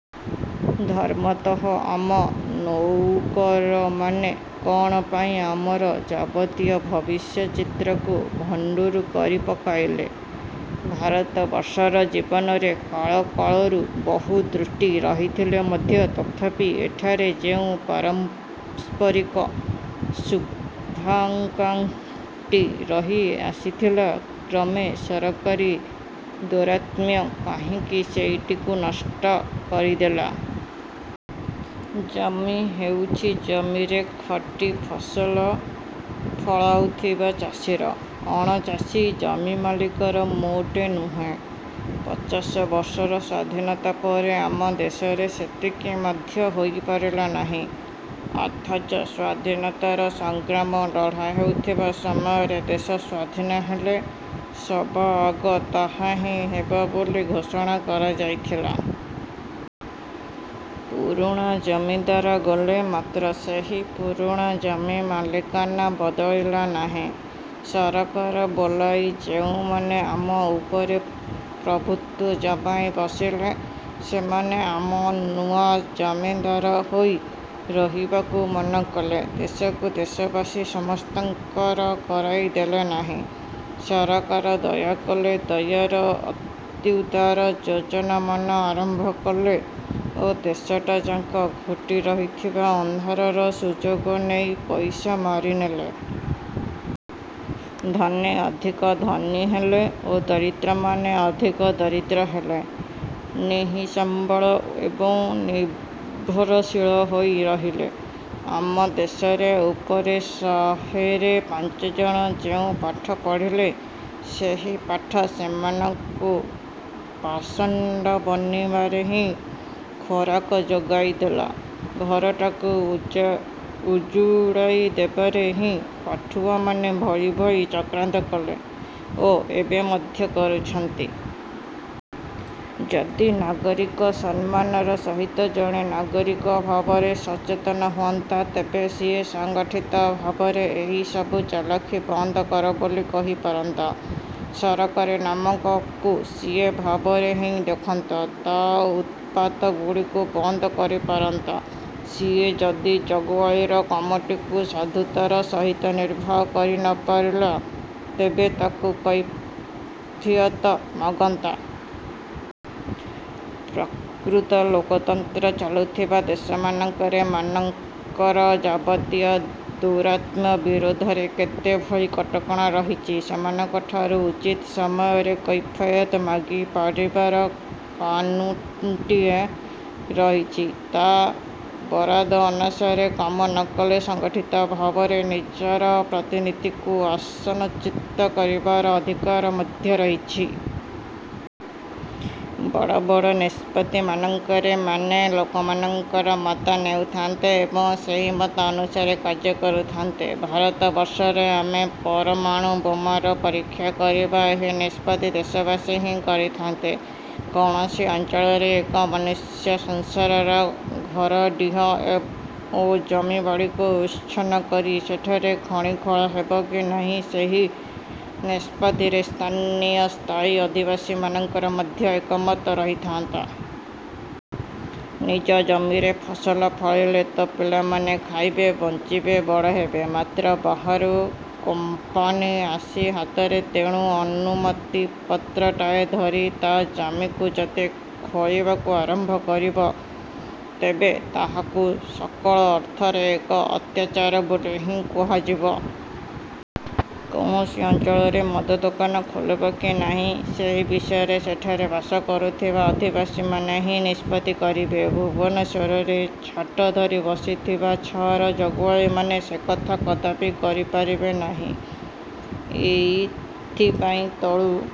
ଧର୍ମତଃ ଆମ ନଉକରମାନେ କଣ ପାଇଁ ଆମର ଯାବତୀୟ ଭବିଷ୍ୟଚିତ୍ରକୁ ଭଣ୍ଡୁର କରି ପକାଇଲେ? ଭାରତବର୍ଷର ଜୀବନରେ କାଳ କାଳରୁ ବହୁ ତ୍ରୁଟି ରହିଥିଲେ ମଧ୍ୟ ତଥାପି ଏଠାରେ ଯେଉଁ ପାରସ୍ପରିକ ଶୁଭାକାଙ୍କ୍ଷାଟି ରହି ଆସିଥିଲା, କ୍ରମେ ସରକାରୀ ଦୌରାତ୍ମ୍ୟ କାହିଁକି ସେଇଟିକୁ ନଷ୍ଟ କରିଦେଲା? ଜମି ହେଉଛି ଜମିରେ ଖଟି ଫସଲ ଫଳାଉଥିବା ଚାଷୀର। ଅଣଚାଷୀ ଜମିମାଲିକର ମୋଟେ ନୁହେଁ। ପଚାଶବର୍ଷର ସ୍ଵାଧୀନତା ପରେ ଆମ ଦେଶରେ ସେତିକି ମଧ୍ୟ ହୋଇପାରିଲା ନାହିଁ। ଅଥଚ ସ୍ଵାଧୀନତାର ସଂଗ୍ରାମ ଲଢ଼ା ହେଉଥିବା ସମୟରେ ଦେଶ ସ୍ୱାଧୀନ ହେଲେ ସବା ଆଗ ତାହା ହିଁ ହେବ ବୋଲି ଘୋଷଣା କରାଯାଇଥିଲା। ପୁରୁଣା ଜମିଦାର ଗଲେ, ମାତ୍ର ସେହି ପୁରାତନ ଜମିମାଲିକାନା ବଦଳିଲା ନାହିଁ। ସରକାର ବୋଲାଇ ଯେଉଁମାନେ ଆମ ଉପରେ ପ୍ରଭୁତ୍ଵ ଜମାଇ ବସିଲେ, ସେମାନେ ଆମର ନୂଆ ଜମିଦାର ହୋଇ ରହିବାକୁ ମନ କଲେ। ଦେଶକୁ ଦେଶବାସୀ ସମସ୍ତଙ୍କର କରାଇ ଦେଲେ ନାହିଁ। ସରକାର ଦୟା କଲେ, ଦୟାର ଅତ୍ୟୁଦାର ଯୋଜନାମାନ ଆରମ୍ଭ କଲେ ଓ ଦେଶଟା ଯାକ ଘୋଟି ରହିଥିବା ଅନ୍ଧାରର ସୁଯୋଗ ନେଇ ପଇସା ମାରିନେଲେ। ଧନୀ ଅଧିକ ଧନୀ ହେଲା ଓ ଦରିଦ୍ରମାନେ ଅଧିକ ଦରିଦ୍ର ହେଲେ। ନିଃସମ୍ବଳ ଏବଂ ନିର୍ଭରଶୀଳ ହୋଇ ରହିଲେ। ଆମ ଦେଶରେ ଉପରେ ଶହେରେ ପାଞ୍ଚଜଣ ଯେଉଁ ପାଠ ପଢ଼ିଲେ, ସେହି ପାଠ ସେମାନଙ୍କୁ ପାଷଣ୍ଡ ବନିବାରେ ହିଁ ଖୋରାକ ଯୋଗାଇ ଦେଲା। ଘରଟାକୁ ଉଜୁଡାଇ ଦେବାରେ ହିଁ ପାଠୁଆମାନେ ଭଳି ଭଳି ଚକ୍ରାନ୍ତ କଲେ ଓ ଏବେ ମଧ୍ୟ କରୁଛନ୍ତି। ଯଦି ନାଗରିକ ସମ୍ମାନର ସହିତ ଜଣେ ନାଗରିକ ଭାବରେ ସଚେତନ ହୁଅନ୍ତା, ତେବେ ସିଏ ସଂଗଠିତ ଭାବରେ ଏହି ସବୁ ଚାଲାଖି ବନ୍ଦ କରବୋଲି କହିପାରନ୍ତା। ସରକାର ନାମକ କୁ ସିଏ ଭାବରେ ହିଁ ଦେଖନ୍ତା। ତା' ଊତ୍ପାତ ଗୁଡ଼ିକୁ ବନ୍ଦ କରିପାରନ୍ତା। ସିଏ ଯଦି ଜଗୁଆଳୀର କାମଟିକୁ ସାଧୁତାର ସହିତ ନିର୍ବାହ କରି ନପାରିଲା, ତେବେ ତାକୁ କୈଫିୟତ ମାଗନ୍ତା। ପ୍ରକୃତ ଲୋକତନ୍ତ୍ର ଚାଲୁଥିବା ଦେଶମାନଙ୍କରେ ମାନଙ୍କର ଯାବତୀୟ ଦୌରାତ୍ମ୍ୟ ବିରୋଧରେ କେତେ ଭଳି କଟକଣା ରହିଛି। ସେମାନଙ୍କ ଠାରୁ ଉଚିତ ସମୟରେ କୈଫିୟତ ମାଗି ପାରିବାର କାନୁନ୍ଟିଏ ରହିଛି। ତା' ବରାଦ ଅନୁସାରେ କାମ ନକଲେ ସଂଗଠିତ ଭାବରେ ନିଜର ପ୍ରତିନିଧିଙ୍କୁ ଆସନଚ୍ୟୁତ କରିବାର ଅଧିକାର ମଧ୍ୟ ରହିଛି। ବଡ଼ ବଡ଼ ନିଷ୍ପତ୍ତିମାନଙ୍କରେ ମାନେ ଲୋକମାନଙ୍କର ମତ ନେଉଥାନ୍ତେ ଏବଂ ସେହି ମତ ଅନୁସାରେ କାର୍ଯ୍ୟ କରୁଥାନ୍ତେ। ଭାରତବର୍ଷରେ ଆମେ ପରମାଣୁ ବୋମାର ପରୀକ୍ଷା କରିବା, ଏହି ନିଷ୍ପତ୍ତି ଦେଶବାସୀ ହିଁ କରିଥାନ୍ତେ। କୌଣସି ଅଞ୍ଚଳରେ ଏକ ମନୁଷ୍ୟସଂସାରର ଘରଡ଼ିହ ଓ ଜମିବାଡ଼ିକୁ ଉଚ୍ଛନ୍ନ କରି ସେଠାରେ ଖଣି ଖୋଳା ହେବ କି ନାହିଁ ସେହି ନିଷ୍ପତ୍ତିରେ ସ୍ଥାନୀୟ ସ୍ଥାୟୀ ଅଧିବାସୀମାନଙ୍କର ମଧ୍ୟ ଏକମତ ରହିଥାନ୍ତା। ନିଜ ଜମିରେ ଫସଲ ଫଳିଲେ ତ ପିଲାମାନେ ଖାଇବେ, ବଂଚିବେ, ବଡ଼ ହେବେ। ମାତ୍ର ବାହାରୁ କୋମ୍ପାନୀ ଆସି ହାତରେ ତେଣୁ ଅନୁମତିପତ୍ରଟାଏ ଧରି ତା ଜମିକୁ ଯଦି ଖୋଳିବାକୁ ଆରମ୍ଭ କରିବ, ତେବେ ତାହାକୁ ସକଳ ଅର୍ଥରେ ଏକ ଅତ୍ୟାଚାର ବୋଲି ହିଁ କୁହାଯିବ। କୌଣସି ଅଂଚଳରେ ମଦ ଦୋକାନ ଖୋଲିବ କି ନାହିଁ, ସେହି ବିଷୟରେ ସେଠାରେ ବାସ କରୁଥିବା ଅଧିବାସୀମାନେ ହିଁ ନିଷ୍ପତ୍ତି କରିବେ। ଭୁବନେଶ୍ୱରରେ ଛାଟ ଧରି ବସିଥିବା ଛାର ଜଗୁଆଳୀମାନେ ସେକଥା କଦାପି କରିପାରିବେ ନାହିଁ। ଏଥିପାଇଁ ତଳୁ